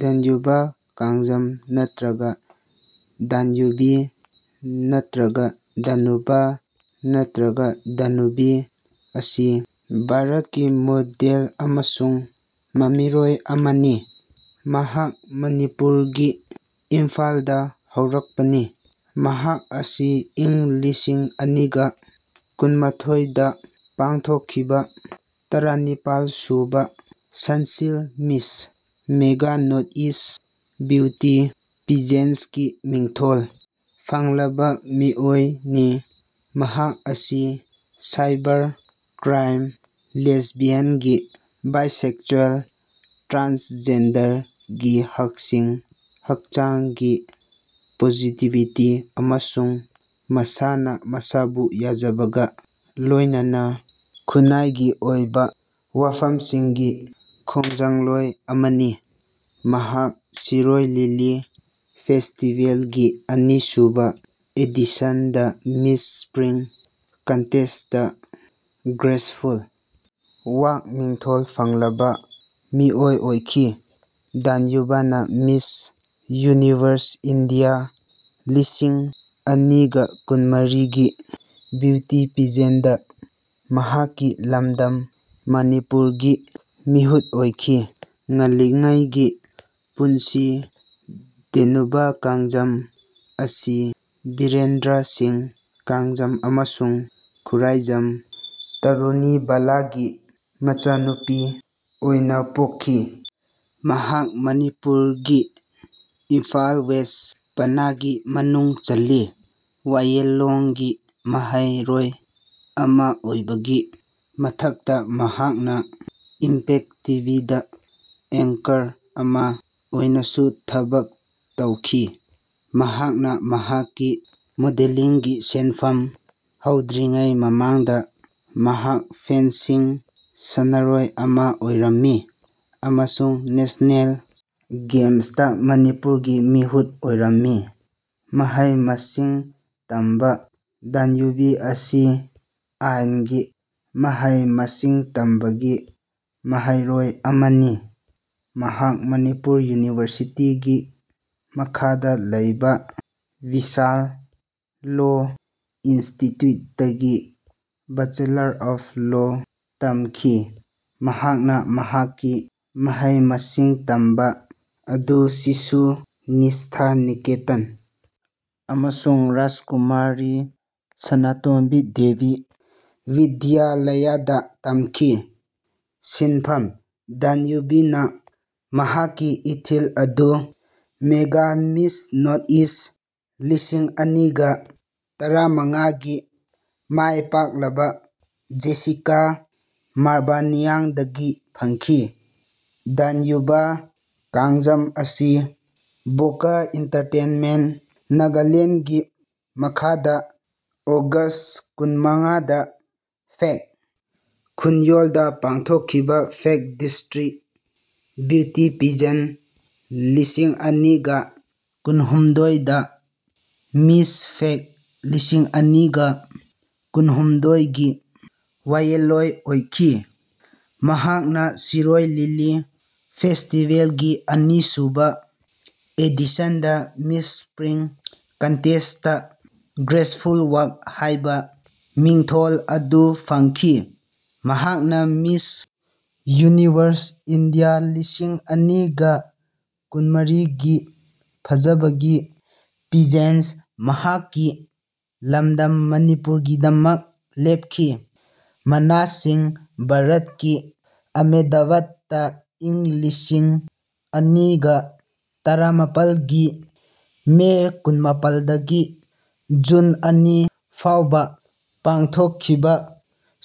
Danube Kangjam (ꯅꯠꯇ꯭ꯔꯒ ꯗꯥꯅ꯭ꯌꯨꯕꯤ ꯅꯠꯇ꯭ꯔꯒ ꯗꯥꯅꯨꯕ ꯅꯠꯇ꯭ꯔꯒ ꯗꯥꯅꯨꯕꯤ) ꯑꯁꯤ ꯚꯥꯔꯠꯀꯤ ꯃꯣꯗꯦꯜ ꯑꯃꯁꯨꯡ ꯃꯃꯤꯔꯣꯏ ꯑꯃꯅꯤ꯫ ꯃꯍꯥꯛ ꯃꯅꯤꯄꯨꯔꯒꯤ ꯏꯝꯐꯥꯜꯗ ꯍꯧꯔꯛꯄꯅꯤ꯫ ꯃꯍꯥꯛ ꯑꯁꯤ ꯏꯪ ꯂꯤꯁꯤꯡ ꯑꯅꯤꯒ ꯀꯨꯟꯃꯥꯊꯣꯏꯗ ꯄꯥꯡꯊꯣꯛꯈꯤꯕ ꯇꯔꯥꯅꯤꯄꯥꯜꯁꯨꯕ Sunsilk Miss Mega Northeast beauty ꯄꯦꯖꯦꯟꯀꯤ ꯃꯤꯡꯊꯣꯜ ꯐꯪꯂꯕ ꯃꯤꯑꯣꯏꯅꯤ꯫ ꯃꯍꯥꯛ ꯑꯁꯤ cyber crime, lesbian gay bisexual ꯇ꯭ꯔꯥꯟꯁꯖꯦꯟꯗꯔꯒꯤ ꯍꯛꯁꯤꯡ, ꯍꯛꯆꯥꯡꯒꯤ ꯄꯣꯖꯤꯇꯤꯚꯤꯇꯤ ꯑꯃꯁꯨꯡ ꯃꯁꯥꯅ ꯃꯁꯥꯕꯨ ꯌꯥꯖꯕꯒ ꯂꯣꯏꯅꯅ ꯈꯨꯟꯅꯥꯏꯒꯤ ꯑꯣꯏꯕ ꯋꯥꯐꯝꯁꯤꯡꯒꯤ ꯈꯣꯡꯖꯪꯂꯣꯏ ꯑꯃꯅꯤ꯫ ꯃꯍꯥꯛ ꯁꯤꯔꯨꯏ ꯂꯤꯂꯤ ꯐꯦꯁꯇꯤꯕꯦꯜꯒꯤ ꯑꯅꯤꯁꯨꯕ ꯑꯦꯗꯤꯁꯟꯗ Miss spring contest "graceful walk" ꯃꯤꯡꯊꯣꯜ ꯐꯪꯂꯕ ꯃꯤꯑꯣꯏ ꯑꯣꯏꯈꯤ꯫ ꯗꯥꯅ꯭ꯌꯨꯕꯅ ꯃꯤꯁ ꯌꯨꯅꯤꯚꯔꯁ ꯏꯟꯗꯤꯌꯥ ꯂꯤꯁꯤꯡ ꯑꯅꯤꯒ ꯀꯨꯟꯃꯔꯤꯒꯤ ꯕ꯭ꯌꯨꯇꯤ ꯄꯦꯖꯦꯟꯠꯇ ꯃꯍꯥꯛꯀꯤ ꯂꯝꯗꯝ ꯃꯅꯤꯄꯨꯔꯒꯤ ꯃꯤꯍꯨꯠ ꯑꯣꯏꯈꯤ꯫ ꯉꯜꯂꯤꯉꯩꯒꯤ ꯄꯨꯟꯁꯤ ꯗꯥꯅ꯭ꯌꯨꯕ ꯀꯥꯡꯖꯝ ꯑꯁꯤ ꯕꯤꯔꯦꯟꯗ꯭ꯔꯥ ꯁꯤꯡꯍ ꯀꯥꯡꯖꯝ ꯑꯃꯁꯨꯡ ꯈꯨꯔꯥꯏꯖꯝ ꯇꯔꯨꯅꯤꯕꯥꯂꯥꯒꯤ ꯃꯆꯥꯅꯨꯄꯤ ꯑꯣꯏꯅ ꯄꯣꯛꯈꯤ꯫ ꯃꯍꯥꯛ ꯃꯅꯤꯄꯨꯔꯒꯤ ꯏꯝꯐꯥꯜ ꯋꯦꯁ ꯄꯅꯥꯒꯤ ꯃꯅꯨꯡ ꯆꯜꯂꯤ꯫ ꯋꯥꯌꯦꯜꯂꯣꯟꯒꯤ ꯃꯍꯩꯔꯣꯏ ꯑꯃ ꯑꯣꯏꯕꯒꯤ ꯃꯊꯛꯇ, ꯃꯍꯥꯛꯅ ꯏꯝꯄꯦꯛ ꯇꯤꯚꯤꯗ ꯑꯦꯡꯀꯔ ꯑꯃ ꯑꯣꯏꯅꯁꯨ ꯊꯕꯛ ꯇꯧꯈꯤ꯫ ꯃꯍꯥꯛꯅ ꯃꯍꯥꯛꯀꯤ ꯃꯣꯗꯦꯂꯤꯡꯒꯤ ꯁꯤꯟꯐꯝ ꯍꯧꯗ꯭ꯔꯤꯉꯩ ꯃꯃꯥꯡꯗ ꯃꯍꯥꯛ ꯐꯦꯟꯁꯤꯡ ꯁꯥꯟꯅꯔꯣꯏ ꯑꯃ ꯑꯣꯏꯔꯝꯃꯤ ꯑꯃꯁꯨꯡ ꯅꯦꯁꯅꯦꯜ ꯒꯦꯝꯁꯇ ꯃꯅꯤꯄꯨꯔꯒꯤ ꯃꯤꯍꯨꯠ ꯑꯣꯏꯔꯝꯃꯤ꯫ ꯃꯍꯩ-ꯃꯁꯤꯡ ꯇꯝꯕ ꯗꯥꯅ꯭ꯌꯨꯕ ꯑꯁꯤ ꯑꯥꯏꯟꯒꯤ ꯃꯍꯩ-ꯃꯁꯤꯡ ꯇꯝꯕꯒꯤ ꯃꯍꯩꯔꯣꯏ ꯑꯃꯅꯤ꯫ ꯃꯍꯥꯛ ꯃꯅꯤꯄꯨꯔ ꯌꯨꯅꯤꯚꯔꯁꯤꯇꯤꯒꯤ ꯃꯈꯥꯗ ꯂꯩꯕ ꯕꯤꯁꯥꯜ ꯂꯣ ꯏꯟꯁꯇꯤꯇ꯭ꯌꯨꯠꯇꯒꯤ ꯕꯦꯆꯦꯂꯔꯁ ꯑꯣꯐ ꯂꯣ ꯇꯝꯈꯤ꯫ ꯃꯍꯥꯛꯅ ꯃꯍꯥꯛꯀꯤ ꯃꯍꯩ-ꯃꯁꯤꯡ ꯇꯝꯕ ꯑꯗꯨ ꯁꯤꯁꯨ ꯅꯤꯁ꯭ꯊꯥ ꯅꯤꯀꯦꯇꯟ ꯑꯃꯁꯨꯡ ꯔꯥꯖꯀꯨꯃꯥꯔꯤ ꯁꯅꯥꯇꯣꯝꯕꯤ ꯗꯦꯕꯤ ꯕꯤꯗ꯭ꯌꯥꯂꯌꯥꯗ ꯇꯝꯈꯤ꯫ ꯁꯤꯟꯐꯝ: ꯗꯥꯅ꯭ꯌꯨꯕꯅ ꯃꯍꯥꯛꯀꯤ ꯏꯊꯤꯜ ꯑꯗꯨ ꯃꯦꯒꯥ ꯃꯤꯁ ꯅꯣꯔꯠ ꯏ꯭ꯁꯠ ꯂꯤꯁꯤꯡ ꯑꯅꯤꯒ ꯇꯔꯥꯃꯉꯥꯒꯤ ꯃꯥꯏꯄꯥꯛꯂꯕ ꯖꯦꯁꯤꯀꯥ ꯃꯥꯔꯕꯥꯅꯤꯌꯟꯗꯒꯤ ꯐꯪꯈꯤ꯫ ꯗꯥꯅ꯭ꯌꯨꯕ ꯀꯥꯡꯖꯝ ꯑꯁꯤ ꯚꯣꯒ ꯑꯦꯟꯇꯔꯇꯦꯟꯃꯦꯟꯇ ꯅꯥꯒꯥꯂꯦꯟ ꯒꯤ ꯃꯈꯥꯗ ꯑꯣꯒꯁꯠ ꯀꯨꯟꯃꯉꯥꯗ ꯐꯦꯛ ꯈꯨꯟꯌꯣꯜꯗ ꯄꯥꯡꯊꯣꯛꯈꯤꯕ ꯐꯦꯛ ꯗꯤꯁꯇ꯭ꯔꯤꯛ ꯕ꯭ꯌꯨꯇꯤ ꯄꯦꯖꯦꯟ ꯂꯤꯁꯤꯡ ꯑꯅꯤꯒ ꯀꯨꯟꯍꯨꯝꯗꯣꯏꯗ ꯃꯤꯁ ꯐꯦꯛ ꯂꯤꯁꯤꯡ ꯑꯅꯤꯒ ꯀꯨꯟꯍꯨꯝꯗꯣꯏꯒꯤ ꯋꯥꯌꯦꯜꯂꯣꯏ ꯑꯣꯏꯈꯤ꯫ ꯃꯍꯥꯛꯅ ꯁꯤꯔꯨꯏ ꯂꯤꯂꯤ ꯐꯦꯁꯇꯤꯕꯦꯜꯒꯤ ꯑꯅꯤꯁꯨꯕ ꯑꯦꯗꯤꯁꯟꯗ Miss spring contest "graceful walk" ꯍꯥꯏꯕ ꯃꯤꯡꯊꯣꯜ ꯑꯗꯨ ꯐꯪꯈꯤ꯫ ꯃꯍꯥꯛꯅ ꯃꯤꯁ ꯌꯨꯅꯤꯚꯔꯁ ꯏꯟꯗꯤꯌꯥ ꯂꯤꯁꯤꯡ ꯑꯅꯤꯒ ꯀꯨꯟꯃꯔꯤꯒꯤ ꯐꯖꯕꯒꯤ ꯄꯦꯖꯦꯟꯇ ꯃꯍꯥꯛꯀꯤ ꯂꯝꯗꯝ ꯃꯅꯤꯄꯨꯔꯒꯤꯗꯃꯛ ꯂꯦꯞꯈꯤ꯫ ꯃꯅꯥꯁꯤꯡ ꯚꯥꯔꯠꯀꯤ ꯑꯍꯃꯗꯕꯥꯗꯇ ꯏꯪ ꯂꯤꯁꯤꯡ ꯑꯅꯤꯒ ꯇꯔꯥꯃꯥꯄꯜꯒꯤ ꯃꯦ ꯀꯨꯟꯃꯥꯄꯜꯗꯒꯤ ꯖꯨꯟ ꯑꯅꯤ ꯐꯥꯎꯕ ꯄꯥꯡꯊꯣꯛꯈꯤꯕ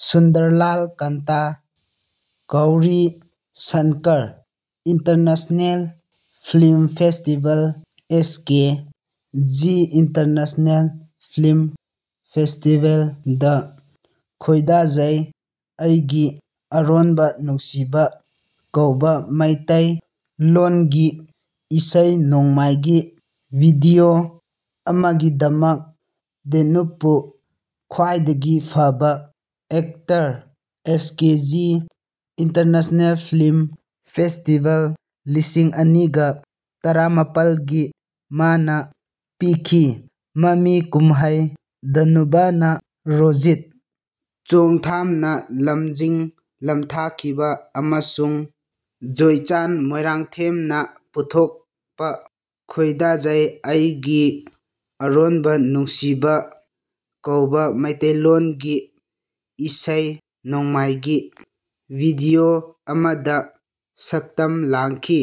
Sundarlal Kanta Gauri Shankar international film festival (S K G international film ꯐꯦꯁꯇꯤꯕꯦꯜ)ꯗ "ꯈꯣꯏꯗꯥꯖꯩ (ꯑꯩꯒꯤ ꯑꯔꯣꯟꯕ ꯅꯨꯡꯁꯤꯕ)" ꯀꯧꯕ ꯃꯩꯇꯩ ꯂꯣꯟꯒꯤ ꯏꯁꯩ-ꯅꯣꯡꯃꯥꯏꯒꯤ ꯚꯤꯗꯤꯑꯣ ꯑꯃꯒꯤꯗꯃꯛ ꯗꯥꯅ꯭ꯌꯨꯕꯄꯨ ꯈ꯭ꯋꯥꯏꯗꯒꯤ ꯐꯕ actor S K G international film festival -ꯂꯤꯁꯤꯡ ꯑꯅꯤꯒꯥ ꯇꯔꯥꯃꯥꯄꯜꯒꯤ ꯃꯅꯥ ꯄꯤꯈꯤ꯫ ꯃꯃꯤ ꯀꯨꯝꯍꯩ ꯗꯥꯅ꯭ꯌꯨꯕꯅ ꯔꯣꯖꯤꯠ ꯆꯣꯡꯊꯥꯝꯅ ꯂꯝꯖꯤꯡ-ꯂꯝꯇꯥꯛꯈꯤꯕ ꯑꯃꯁꯨꯡ ꯖꯣꯏꯆꯥꯟ ꯃꯣꯏꯔꯥꯡꯊꯦꯝꯅ ꯄꯨꯊꯣꯛꯄ "ꯈꯣꯏꯗꯥꯖꯩ (ꯑꯩꯒꯤ ꯑꯔꯣꯟꯕ ꯅꯨꯡꯁꯤꯕ)" ꯀꯧꯕ ꯃꯩꯇꯩ ꯂꯣꯟꯒꯤ ꯏꯁꯩ-ꯅꯣꯡꯃꯥꯏꯒꯤ ꯚꯤꯗꯤꯑꯣ ꯑꯃꯗ ꯁꯛꯇꯝ ꯂꯥꯡꯈꯤ꯫